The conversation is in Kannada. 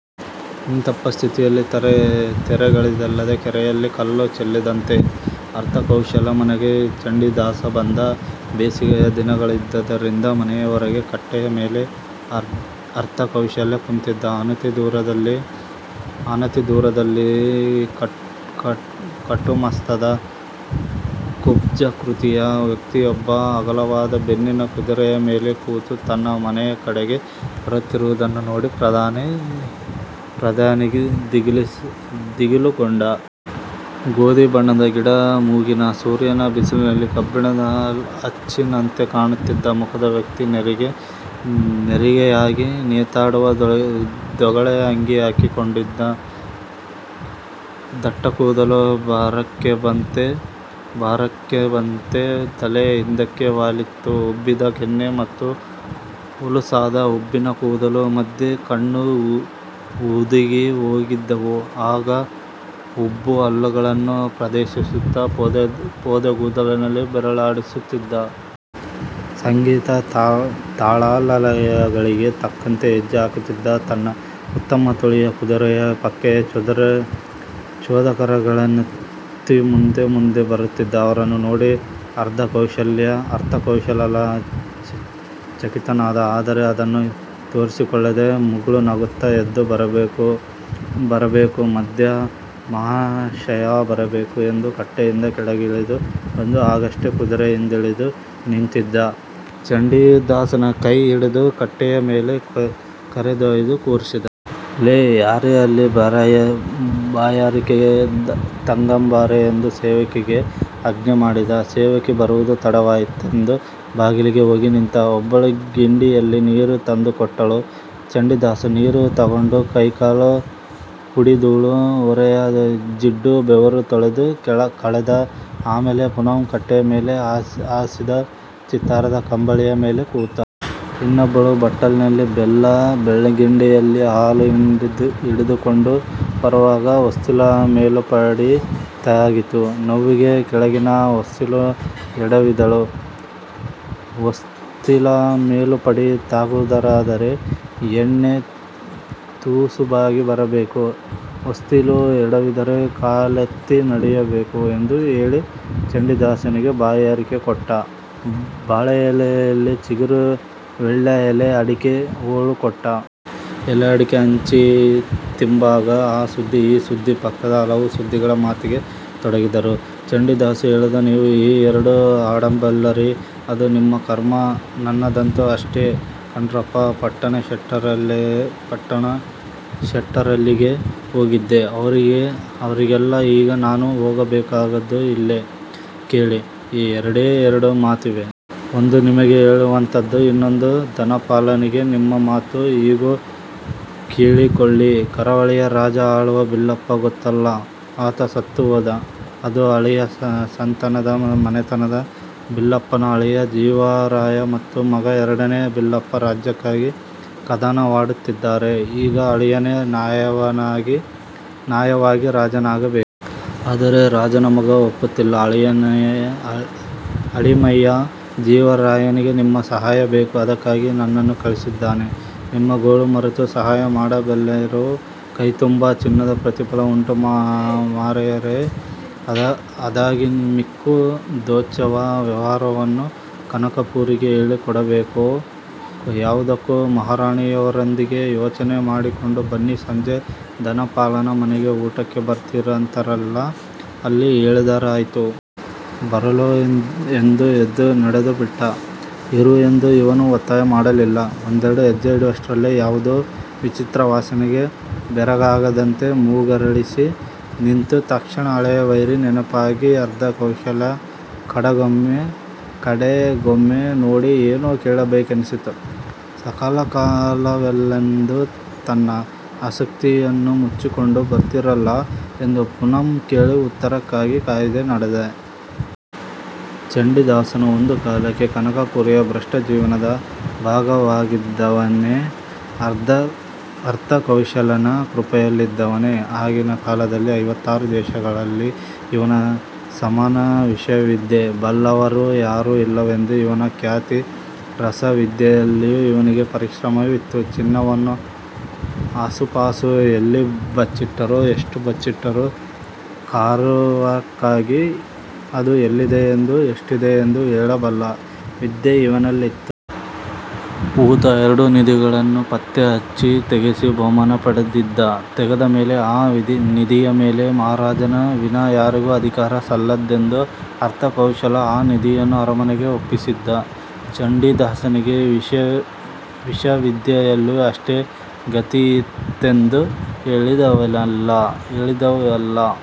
ಇಂತಿಪ್ಪ ಸ್ಥಿತಿಯಲ್ಲಿ ತೆರೆಗಳಿಲ್ಲದ ಕೆರೆಯಲ್ಲಿ ಕಲ್ಲು ಚೆಲ್ಲಿದಂತೆ ಅರ್ಥಕೌಶಲ ಮನೆಗೆ ಚಂಡೀದಾಸ ಬಂದ. ಬೇಸಿಗೆಯ ದಿನಗಳಾದ್ದರಿಂದ ಮನೆಯ ಹೊರಗೆ ಕಟ್ಟೆಯ ಮೇಲೆ ಅರ್ಥಕೌಶಲ ಕುಂತಿದ್ದ. ಅನತಿ ದೂರದಲ್ಲಿ ಕಟ್ಟುಮಸ್ತಾದ, ಕುಬ್ಜಾಕೃತಿಯ ವ್ಯಕ್ತಿಯೊಬ್ಬ ಅಗಲವಾದ ಬೆನ್ನಿನ ಕುದುರೆಯ ಮೇಲೆ ಕೂತು ತನ್ನ ಮನೆಯ ಕಡೆಗೇ ಬರುತ್ತಿರುವುದನ್ನು ನೋಡಿ ಪ್ರಧಾನಿ ದಿಗಿಲುಗೊಂಡ. ಗೋದಿ ಬಣ್ಣದ, ಗಿಡ್ಡ ಮೂಗಿನ, ಸೂರ್ಯನ ಬಿಸಿಲಿನಲ್ಲಿ ಕಬ್ಬಿಣದ ಅಚ್ಚಿನಂತೆ ಕಾಣುತ್ತಿದ್ದ ಮುಖದ ವ್ಯಕ್ತಿ ನೆರಿಗೆ ನೆರಿಗೆಯಾಗಿ ನೇತಾಡುವ ದೊಗಳೆ ಅಂಗಿ ಹಾಕಿಕೊಂಡಿದ್ದ. ದಟ್ಟಕೂದಲ ಭಾರಕ್ಕೆಂಬಂತೆ ತಲೆ ಹಿಂದಕ್ಕೆ ವಾಲಿತ್ತು. ಉಬ್ಬಿದ ಕೆನ್ನೆ ಮತ್ತು ಹುಲುಸಾದ ಹುಬ್ಬಿನ ಕೂದಲ ಮಧ್ಯೆ ಕಣ್ಣು ಹುದುಗಿ ಹೋಗಿದ್ದವು. ಆಗಾಗ ಉಬ್ಬು ಹಲ್ಲುಗಳನ್ನು ಪ್ರದರ್ಶಿಸುತ್ತ ಪೊದೆಗೂದಲಲ್ಲಿ ಬೆರಳಾಡಿಸುತ್ತಿದ್ದ. ಸಂಗೀತ ತಾಳಲಯಗಳಿಗೆ ತಕ್ಕಂತೆ ಹೆಜ್ಜೆ ಹಾಕುತ್ತಿದ್ದ ತನ್ನ ಉತ್ತಮ ತಳಿಯ ಕುದುರೆಯ ಪಕ್ಕೆಯ ಚೋದಕಗಳನ್ನೊತ್ತಿ ಮುಂದೆ ಮುಂದೆ ಬರುತ್ತಿದ್ದ ಅವನನ್ನು ನೋಡಿ ಅರ್ಥಕೌಶಲ ಚಕಿತನಾದ. ಆದರೆ ಅದನ್ನು ತೋರಿಸಿಕೊಳ್ಳದೆ ಮುಗುಳು ನಗುತ್ತ ಎದ್ದು ಬರಬೇಕು ಬರಬೇಕು ವೈದ್ಯ ಮಹಾಶಯ ಬರಬೇಕು ಎಂದು ಕಟ್ಟೆಯಿಂದ ಕೆಳಗಿಳಿದು ಬಂದು ಆಗಷ್ಟೆ ಕುದುರೆಯಿಂದಿಳಿದು ನಿಂತಿದ್ದ ಚಂಡೀದಾಸನ ಕೈ ಹಿಡಿದು ಕಟ್ಟೆಯ ಮೇಲೆ ಕರೆದೊಯ್ದು ಕೂರಿಸಿದ. ಲೇ ಯಾರೇ ಅಲ್ಲಿ? ಬಾಯಾರಿಕೆಗೆ ತಗಂಬಾರೆ ಎಂದು ಸೇವಕಿಗೆ ಆಜ್ಞೆ ಮಾಡಿದ. ಸೇವಕಿ ಬರುವುದು ತಡವಾಯಿತೆಂದು ಬಾಗಿಲಿಗೆ ಹೋಗಿ ನಿಂತ. ಒಬ್ಬಳು ಗಿಂಡಿಯಲ್ಲಿ ನೀರು ತಂದುಕೊಟ್ಟಳು. ಚಂಡೀದಾಸ ನೀರು ತಗೊಂಡು ಕೈಕಾಲಿನ ಪುಡಿಧೂಳು, ಮೋರೆಯ ಜಿಡ್ಡು ಬೆವರು ತೊಳೆದು ಕಳೆದ. ಆಮೇಲೆ ಪುನಃ ಕಟ್ಟೆಯೇರಿ ಹಾಸಿದ ಚಿತ್ತಾರದ ಕಂಬಳಿಯ ಮೇಲೆ ಕೂತ. ಇನ್ನೊಬ್ಬಳು ಬಟ್ಟಲಲ್ಲಿ ಬೆಲ್ಲ, ಬೆಳ್ಳಿಗಿಂಡಿಯಲ್ಲಿ ಹಾಲು ಹಿಡಿದುಕೊಂಡು ಬರುವಾಗ ಹೊಸ್ತಿಲ ಮೇಲುಪಡಿ ತಾಗಿತು. ನೋವಿಗೆ ಕೆಳಗಿನ ಹೊಸ್ತಿಲು ಎಡವಿದಳು. ಹೊಸ್ತಿಲ ಮೇಲುಪಡಿ ತಾಗುವುದಾದರೆ ಹೆಣ್ಣೇ ತುಸು ಬಾಗಿ ಬರಬೇಕು ಹೊಸ್ತಿಲು ಎಡವಿದರೆ ಕಾಲೆತ್ತಿ ನಡೆಯಬೇಕು ಎಂದು ಹೇಳಿ ಚಂಡೀದಾಸನಿಗೆ ಬಾಯಾರಿಕೆಗೆ ಕೊಟ್ಟ. ಬಾಳೆಯೆಲೆಯಲ್ಲಿ ಚಿಗುರು ವೀಳ್ಯ, ಎಲೆ ಅಡಿಕೆ ಹೋಳು ಕೊಟ್ಟ. ಎಲಡಿಕೆ ಹಂಚಿ ತಿಂಬಾಗ ಆ ಸುದ್ದಿ ಈ ಸುದ್ದಿ ಪಕ್ಕದ ಹಲವು ಸುದ್ದಿಗಳ ಮಾತಿಗೆ ತೊಡಗಿದರು. ಚಂಡೀದಾಸ ಹೇಳಿದ ನೀವು ಈ ಎರಡೂ ಆಡಬಲ್ಲರಿ, ಅದು ನಿಮ್ಮ ಕರ್ಮ. ನನ್ನದಂತೂ ಇಷ್ಟೆ ಕಣ್ರಪ್ಪ. ಪಟ್ಟಣಶೆಟ್ಟರಲ್ಲಿಗೆ ಹೋಗಿದ್ದೆ. ಅವರಿಲ್ಲ, ಈಗ ನಾನು ಹೋಗಬೇಕಾದ್ದು ಇಲ್ಲೇ ಕೇಳಿ. ಎರಡೇ ಎರಡು ಮಾತಿವೆ. ಒಂದು ನಿಮಗೆ ಹೇಳುವಂಥದ್ದು, ಇನ್ನೊಂದು ಧನಪಾಲನಿಗೆ. ನಿಮ್ಮ ಮಾತು ಇಗೋ ಕೇಳಿಕೊಳ್ಳಿ. ಕರಾವಳಿಯ ರಾಜ ಆಳುವ ಬಿಲ್ಲಪ್ಪ ಗೊತ್ತಲ್ಲ ಆತ ಸತ್ತು ಹೋದ. ಅದು ಅಳಿಯ ಸಂತಾನದ ಮನೆತನ. ಬಿಲ್ಲಪ್ಪನ ಅಳಿಯ ಜೀವರಾಯ ಮತ್ತು ಮಗ ಎರಡನೇ ಬಿಲ್ಲಪ್ಪ ರಾಜ್ಯಕ್ಕಾಗಿ ಕದನವಾಡುತ್ತಿದ್ದಾರೆ. ಈಗ ಅಳಿಯನೇ ನ್ಯಾಯವಾಗಿ ರಾಜನಾಗಬೇಕು. ಆದರೆ ರಾಜನ ಮಗ ಒಪ್ಪುತ್ತಿಲ್ಲ. ಅಳೀಮಯ್ಯ ಜೀವರಾಯನಿಗೆ ನಿಮ್ಮ ಸಹಾಯ ಬೇಕು. ಅದಕ್ಕಾಗಿ ನನ್ನನ್ನು ಕಳಿಸಿದ್ದಾನೆ. ನಿಮ್ಮ ಗೋಳು ಮರೆತು ಸಹಾಯ ಮಾಡಬಲ್ಲಿರೊ ಕೈತುಂಬ ಚಿನ್ನದ ಪ್ರತಿಫಲ ಉಂಟು ಮಾರಾಯರೇ, ಅದಾಗಿ ಮಿಕ್ಕು ದೋಚುವ ವ್ಯವಹಾರವನ್ನ ಕನಕಪುರಿಗೆ ಹೇಳಿಕೊಡಬೇಕೋ ಯಾವುದಕ್ಕೂ ಮಹಾರಾಣಿಯವರೊಂದಿಗೆ ಯೋಚನೆ ಮಾಡಿಕೊಂಡು ಬನ್ನಿ, ಸಂಜೆ ಧನಪಾಲನ ಮನೆಗೆ ಊಟಕ್ಕೆ ಬರ್ತೀರಂತಲ್ಲ ಅಲ್ಲಿ ಹೇಳಿದರಾಯ್ತು. ಬರಲೋ ಎಂದು ಎದ್ದು ನಡೆದೇಬಿಟ್ಟ. ಇರು ಎಂದು ಇವನೂ ಒತ್ತಾಯ ಮಾಡಲಿಲ್ಲ. ಒಂದೆರಡು ಹೆಜ್ಜೆ ಇಡುವಷ್ಟರಲ್ಲಿ ಯಾವುದೋ ವಿಚಿತ್ರ ವಾಸನೆಗೆ ಬೆರಗಾದಂತೆ ಮೂಗರಳಿಸಿ ನಿಂತು, ತಕ್ಷಣ ಹಳೆಯ ವೈರಿ ನೆನಪಾಗಿ ಅರ್ಥಕೌಶಲ ಕಡೆಗೊಮ್ಮೆ ನೋಡಿ ಏನೋ ಕೇಳಬೇಕನ್ನಿಸಿತು. ಸಕಾಲವಲ್ಲವೆಂದು ತನ್ನ ಆಸಕ್ತಿಯನ್ನು ಮುಚ್ಚಿಕೊಂಡು, ಬರ್ತೀರಲ್ಲ ಎಂದು ಪುನಃ ಕೇಳಿ ಉತ್ತರಕ್ಕಾಗಿ ಕಾಯದೆ ನಡೆದ. ಚಂಡೀದಾಸನೂ ಒಂದು ಕಾಲಕ್ಕೆ ಕನಕಪುರಿಯ ಭ್ರಷ್ಟ ಜೀವನದ ಭಾಗವಾಗಿದ್ದವನೇ, ಅರ್ಥಕೌಶಲನ ಕೃಪೆಯಲ್ಲಿದ್ದವನೇ. ಆಗಿನ ಕಾಲದಲ್ಲಿ ಐವತ್ತಾರು ದೇಶಗಳಲ್ಲಿ ಇವನ ಸಮಾನ ವಿಷವಿದ್ಯೆ ಬಲ್ಲವರು ಯಾರೂ ಇಲ್ಲವೆಂದು ಇವನ ಖ್ಯಾತಿ. ರಸವಿದ್ಯೆಯಲ್ಲೂ ಇವನಿಗೆ ಪರಿಶ್ರಮವಿತ್ತು. ಚಿನ್ನವನ್ನ ಆಸುಪಾಸು ಎಲ್ಲಿ ಬಚ್ಚಿಟ್ಟರೂ, ಎಷ್ಟು ಬಚ್ಚಿಟ್ಟರೂ ಕರಾರುವಕ್ಕಾಗಿ ಅದು ಎಲ್ಲಿದೆಯೆಂದು ಎಷ್ಟಿದೆಯೆಂದು ಹೇಳಬಲ್ಲ ವಿದ್ಯೆ ಇವನಲ್ಲಿತ್ತು. ಹೂತ ಎರಡು ನಿಧಿಗಳನ್ನುಪತ್ತೆ ಹಚ್ಚಿ ತೆಗೆಸಿ ಬಹುಮಾನ ಪಡೆದಿದ್ದ. ತೆಗೆದ ಮೇಲೆ ಆ ನಿಧಿಯ ಮ್ಯಾಲೆ ಮಹಾರಾಜರ ವಿನಾ ಯಾರಿಗೂ ಅಧಿಕಾರ ಸಲ್ಲದೆಂದು ಅರ್ಥಕೌಶಲ ಆ ನಿಧಿಯನ್ನು ಅರಮನೆಗೇ ಒಪ್ಪಿಸಿದ್ದ. ಚಂಡೀದಾಸನಿಗೆ ವಿಷವಿದ್ಯೆಯಲ್ಲೂ ಅಷ್ಟೇ ಗತಿಯಿತ್ತೆಂದು ಹೇಳಿದೆವಲ್ಲ?